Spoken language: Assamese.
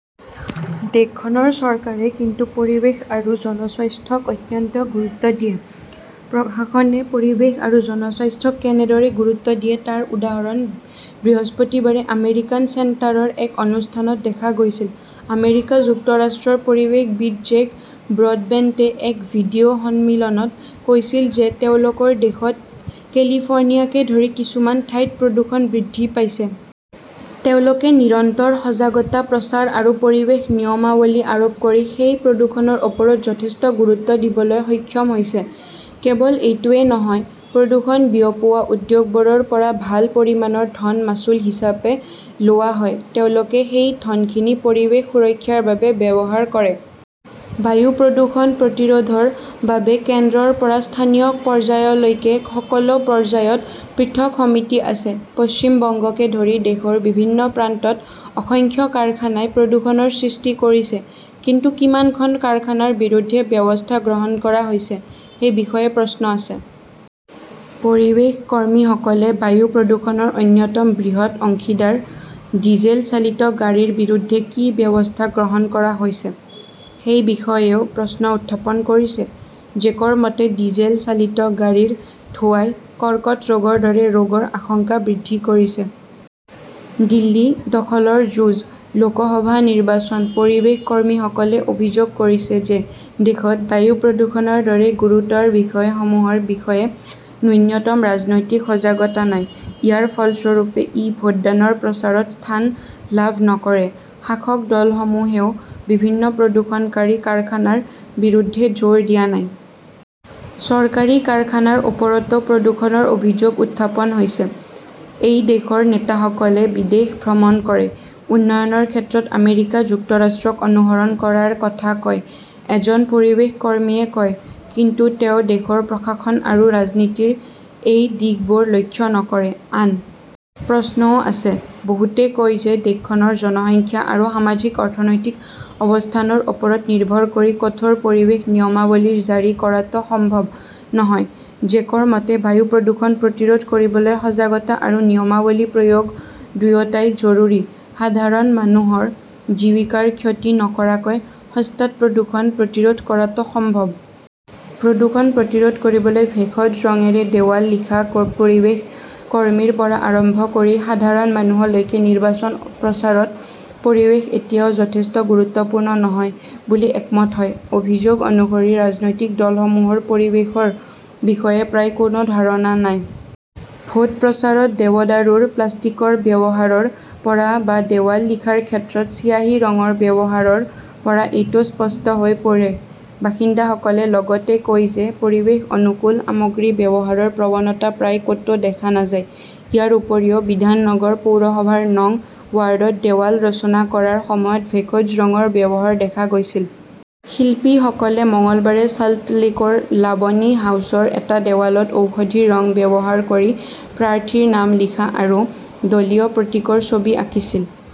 দেশসমূহৰ চৰকাৰে কিন্তু পৰিৱেশ আৰু জনস্বাস্থ্যক অত্যন্ত গুৰুত্ব দিয়ে। প্ৰশাসনে পৰিৱেশ আৰু জনস্বাস্থ্যক কেনেদৰে গুৰুত্ব দিয়ে তাৰ উদাহৰণ বৃহস্পতিবাৰে আমেৰিকান চেণ্টাৰৰ এক অনুষ্ঠানত দেখা গৈছিল। আমেৰিকা যুক্তৰাষ্ট্ৰৰ পৰিৱেশবিদ জেক ব্ৰডবেণ্টে এক ভিডিঅ সন্মিলনত কৈছিল যে তেওঁলোকৰ দেশত কেলিফৰ্ণিয়াকে ধৰি কিছুমান ঠাইত প্ৰদূষণ বৃদ্ধি পাইছে। তেওঁলোকে নিৰন্তৰ সজাগতা প্ৰচাৰ আৰু পৰিৱেশ নিয়মাৱলী আৰোপ কৰি সেই প্ৰদূষণৰ ওপৰত যথেষ্ট গুৰুত্ব দিবলৈ সক্ষম হৈছে। কেৱল এইটোৱেই নহয়, প্ৰদূষণ বিয়পোৱা উদ্যোগবোৰৰ পৰা ভাল পৰিমাণৰ ধন মাচুল হিচাপে লোৱা হয়। তেওঁলোকে সেই ধনখিনি পৰিৱেশ সুৰক্ষাৰ বাবে ব্যৱহাৰ কৰে। বায়ু প্ৰদূষণ প্ৰতিৰোধৰ বাবে কেন্দ্ৰৰ পৰা স্থানীয় পৰ্যায়লৈকে সকলো পৰ্যায়ত পৃথক সমিতি আছে। পশ্চিম বংগকে ধৰি দেশৰ বিভিন্ন প্ৰান্তত অসংখ্য কাৰখানাই প্ৰদূষণৰ সৃষ্টি কৰিছে। কিন্তু কিমান খন কাৰখানাৰ বিৰুদ্ধে ব্যৱস্থা গ্ৰহণ কৰা হৈছে সেই বিষয়ে প্ৰশ্ন আছে। পৰিৱেশ কৰ্মীসকলে বায়ু প্ৰদূষণৰ অন্যতম বৃহৎ অংশীদাৰ ডিজেল চালিত গাড়ীৰ বিৰুদ্ধে কি ব্যৱস্থা গ্ৰহণ কৰা হৈছে সেই বিষয়েও প্ৰশ্ন উত্থাপন কৰিছে। জেকৰ মতে, ডিজেল চালিত গাড়ীৰ ধোঁৱাই কৰ্কট ৰোগৰ দৰে ৰোগৰ আশংকা বৃদ্ধি কৰিছে। দিল্লী দখলৰ যুঁজ, লোকসভা নিৰ্বাচন পৰিৱেশ কৰ্মীসকলে অভিযোগ কৰিছে যে দেশত বায়ু প্ৰদূষণৰ দৰে গুৰুতৰ বিষয়সমূহৰ বিষয়ে ন্যূনতম ৰাজনৈতিক সজাগতা নাই। ইয়াৰ ফলস্বৰূপে ই ভোটদানৰ প্ৰচাৰত স্থান লাভ নকৰে। শাসক দলসমূহেও বিভিন্ন প্ৰদূষণকাৰী কাৰখানাৰ বিৰুদ্ধে জোৰ দিয়া নাই। চৰকাৰী কাৰখানাৰ ওপৰতো প্ৰদূষণৰ অভিযোগ উত্থাপন হৈছে। এই দেশৰ নেতাসকলে বিদেশ ভ্ৰমণ কৰে, উন্নয়নৰ ক্ষেত্ৰত আমেৰিকা যুক্তৰাষ্ট্ৰক অনুসৰণ কৰাৰ কথা কয়, এজন পৰিৱেশ কৰ্মীয়ে কয়। কিন্তু তেওঁ দেশৰ প্ৰশাসন আৰু ৰাজনীতিৰ এই দিশবোৰ লক্ষ্য নকৰে। আন প্ৰশ্নও আছে। বহুতে কয় যে দেশখনৰ জনসংখ্যা আৰু সামাজিক-অৰ্থনৈতিক অৱস্থানৰ ওপৰত নিৰ্ভৰ কৰি কঠোৰ পৰিৱেশ নিয়মাৱলী জাৰি কৰাটো সম্ভৱ নহয়। জেকৰ মতে, বায়ু প্ৰদূষণ প্ৰতিৰোধ কৰিবলৈ সজাগতা আৰু নিয়মাৱলী প্ৰয়োগ দুয়োটাই জৰুৰী। সাধাৰণ মানুহৰ জীৱিকাৰ ক্ষতি নকৰাকৈ সস্তাত প্ৰদূষণ প্ৰতিৰোধ কৰাটো সম্ভৱ। প্ৰদূষণ প্ৰতিৰোধ কৰিবলৈ ভেষজ ৰঙেৰে দেৱাল লিখা পৰিৱেশ কৰ্মীৰ পৰা আৰম্ভ কৰি সাধাৰণ মানুহলৈকে নিৰ্বাচনী প্ৰচাৰত পৰিৱেশ এতিয়াও যথেষ্ট গুৰুত্বপূৰ্ণ নহয় বুলি একমত হয়। অভিযোগ অনুসৰি ৰাজনৈতিক দলসমূহৰ পৰিৱেশৰ বিষয়ে প্ৰায় কোনো ধাৰণা নাই। ভোট প্ৰচাৰত দেৱদাৰুৰ প্লাষ্টিকৰ ব্যৱহাৰৰ পৰা বা দেৱাল লিখাৰ ক্ষেত্ৰত চিয়াঁহী ৰঙৰ ব্যৱহাৰৰ পৰা এইটো স্পষ্ট হৈ পৰে। বাসিন্দাসকলে লগতে কয় যে পৰিৱেশ অনুকূল সামগ্ৰী ব্যৱহাৰৰ প্ৰৱণতা প্ৰায় কতো দেখা নাযায়। ইয়াৰ উপৰিও বিধাননগৰ পৌৰসভাৰ নং ৱাৰ্ডত দেৱাল ৰচনা কৰাৰ সময়ত ভেষজ ৰঙৰ ব্যৱহাৰ দেখা গৈছিল। শিল্পীসকলে মঙলবাৰে চাল্টলেকৰ লাবনী হাউচৰ এটা দেৱালত ঔষধি ৰং ব্যৱহাৰ কৰি প্ৰাৰ্থীৰ নাম লিখা আৰু দলীয় প্ৰতীকৰ ছবি আকিছিল।